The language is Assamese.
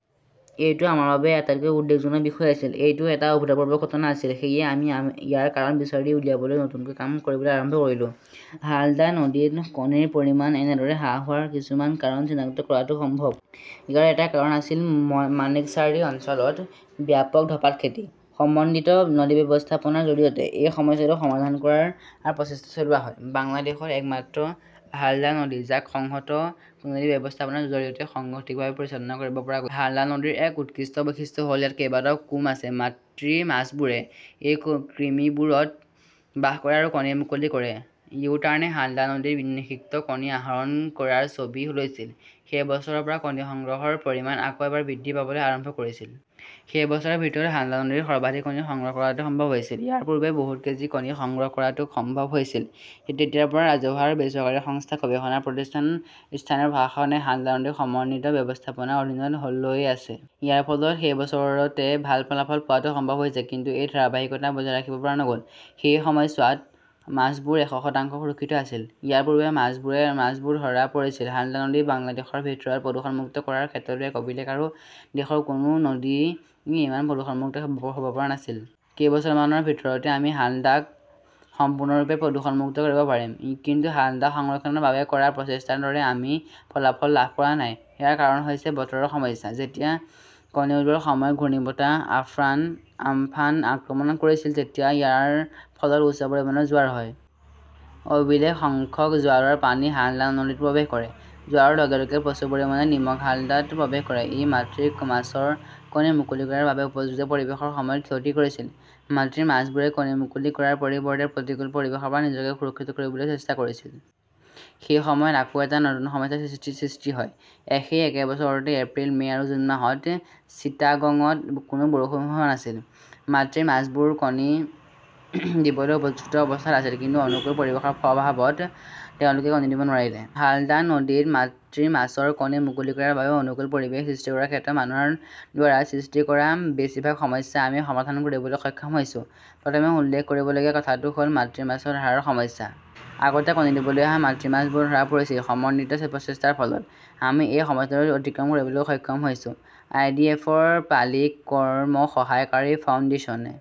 এইটো আমাৰ বাবে আটাইতকৈ উদ্বেগজনক বিষয় আছিল। এইটো এটা অভূতপূৰ্ব ঘটনা আছিল। সেয়েহে আমি ইয়াৰ কাৰণ বিচাৰি উলিয়াবলৈ নতুনকৈ কাম কৰিবলৈ আৰম্ভ কৰিলো। হালদা নদীত কণীৰ পৰিমাণ এনেদৰে হ্ৰাস হোৱাৰ কিছুমান কাৰণ চিনাক্ত কৰাটো সম্ভৱ। ইয়াৰ এটা কাৰণ আছিল মাণিকচাৰী অঞ্চলত ব্যাপক ধঁপাত খেতি। সমন্বিত নদী ব্যৱস্থাপনাৰ জৰিয়তে এই সমস্যাটো সমাধান কৰাৰ প্ৰচেষ্টা চলোৱা হয়। বাংলাদেশত একমাত্ৰ হালদা নদী, যাক সংহত নদী ব্যৱস্থাপনাৰ জৰিয়তে সঠিকভাৱে পৰিচালনা কৰিব পৰা গৈছে। হালদা নদীৰ এক উৎকৃষ্ট বৈশিষ্ট্য হ'ল ইয়াত কেইবাটাও "কুম" আছে। মাতৃ মাছবোৰে এই কৃমিবোৰত বাস কৰে আৰু কণী মুকলি কৰে।। ইউটাৰ্নে হালদা নদীত নিষিক্ত কণী আহৰণ কৰাৰ ছবি লৈছিল। সেই বছৰৰ পৰা কণী সংগ্ৰহৰ পৰিমাণ আকৌ এবাৰ বৃদ্ধি পাবলৈ আৰম্ভ কৰিছিল। সেই বছৰৰ ভিতৰত হালদা নদীত সৰ্বাধিক কণী সংগ্ৰহ কৰাটো সম্ভৱ হৈছিল। ইয়াৰ পূৰ্বে বহুত কেজি কণী সংগ্ৰহ কৰাটো সম্ভৱ হৈছিল। তেতিয়াৰ পৰা ৰাজহুৱা আৰু বেচৰকাৰী সংস্থা, গৱেষণা প্ৰতিষ্ঠান, স্থানীয় প্ৰশাসনে হালদা নদীক সমন্বিত ব্যৱস্থাপনাৰ অধীনত লৈই আহিছে। ইয়াৰ ফলত সেই বছৰতে ভাল ফলাফল পোৱাটো সম্ভৱ হৈছে কিন্তু এই ধাৰাবাহিকতা বজাই ৰাখিব পৰা নগ'ল। সেই সময়ছোৱাত মাছবোৰ এশ শতাংশ সুৰক্ষিত আছিল। ইয়াৰ পূৰ্বে মাছবোৰ ধৰা পৰিছিল। হালদা নদী বাংলাদেশৰ ভিতৰত প্ৰদূষণমুক্ত কৰাৰ ক্ষেত্ৰতো এক অভিলেখ আৰু দেশৰ কোনো নদীই ইমান প্ৰদূষণমুক্ত হ'ব পৰা নাছিল। কেইবছৰমানৰ ভিতৰতে আমি হালদাক সম্পূৰ্ণৰূপে প্ৰদূষণমুক্ত কৰিব পাৰিম। কিন্তু হালদা সংৰক্ষণৰ বাবে কৰা প্ৰচেষ্টাৰ দৰে আমি ফলাফল লাভ কৰা নাই। ইয়াৰ কাৰণ হৈছে বতৰৰ সমস্যা। যেতিয়া কণী ওলোৱাৰ সময়ত ঘূৰ্ণীবতাহ আম্ফান আক্ৰমণ কৰিছিল তেতিয়া ইয়াৰ ফলত উচ্চ পৰিমাণৰ জোৱাৰ হয়। অভিলেখ সংখ্যক জোৱাৰৰ পানী হালদা নদীত প্ৰৱেশ কৰে। জোৱাৰৰ লগে লগে প্ৰচুৰ পৰিমাণে নিমখ হালদাত প্ৰৱেশ কৰে। ই মাতৃ মাছৰ কণী মুকলি কৰাৰ বাবে উপযুক্ত পৰিৱেশৰ সময়ত ক্ষতি কৰিছিল। মাতৃ মাছবোৰে কণী মুকলি কৰাৰ পৰিৱৰ্তে প্ৰতিকূল পৰিৱেশৰ পৰা নিজকে সুৰক্ষিত কৰিবলৈ চেষ্টা কৰিছিল । সেই সময়ত আকৌ এটা নতুন সমস্যাৰ সৃষ্টি হয়। সেই একে বছৰতে এপ্ৰিল, মে 'আৰু জুন মাহত চিটাগঙত কোনো বৰষুণ হোৱা নাছিল। মাতৃ মাছবোৰ কণী দিবলৈ উপযুক্ত অৱস্থাত আছিল, কিন্তু অনুকূল পৰিৱেশৰ অভাৱত তেওঁলোকে কণী দিব নোৱাৰিলে। হালদা নদীত মাতৃ মাছৰ কণী মুকলি কৰাৰ বাবে অনুকূল পৰিৱেশ সৃষ্টি কৰাৰ ক্ষেত্ৰত মানুহৰ দ্বাৰা সৃষ্টি কৰা বেছিভাগ সমস্যা আমি সমাধান কৰিবলৈ সক্ষম হৈছো। প্ৰথমে উল্লেখ কৰিবলগীয়া কথাটো হ'ল মাতৃ মাছ ধৰাৰ সমস্যা। আগতে কণী দিবলৈ অহা মাতৃ মাছবোৰ ধৰা পৰিছিল সমন্বিত প্ৰচেষ্টাৰ ফলত । আমি এই সমস্যাটো অতিক্ৰম কৰিবলৈ সক্ষম হৈছো। আই. ডি. এফ. ৰ পালি কৰ্ম সহায়কাৰী ফাউণ্ডেচনে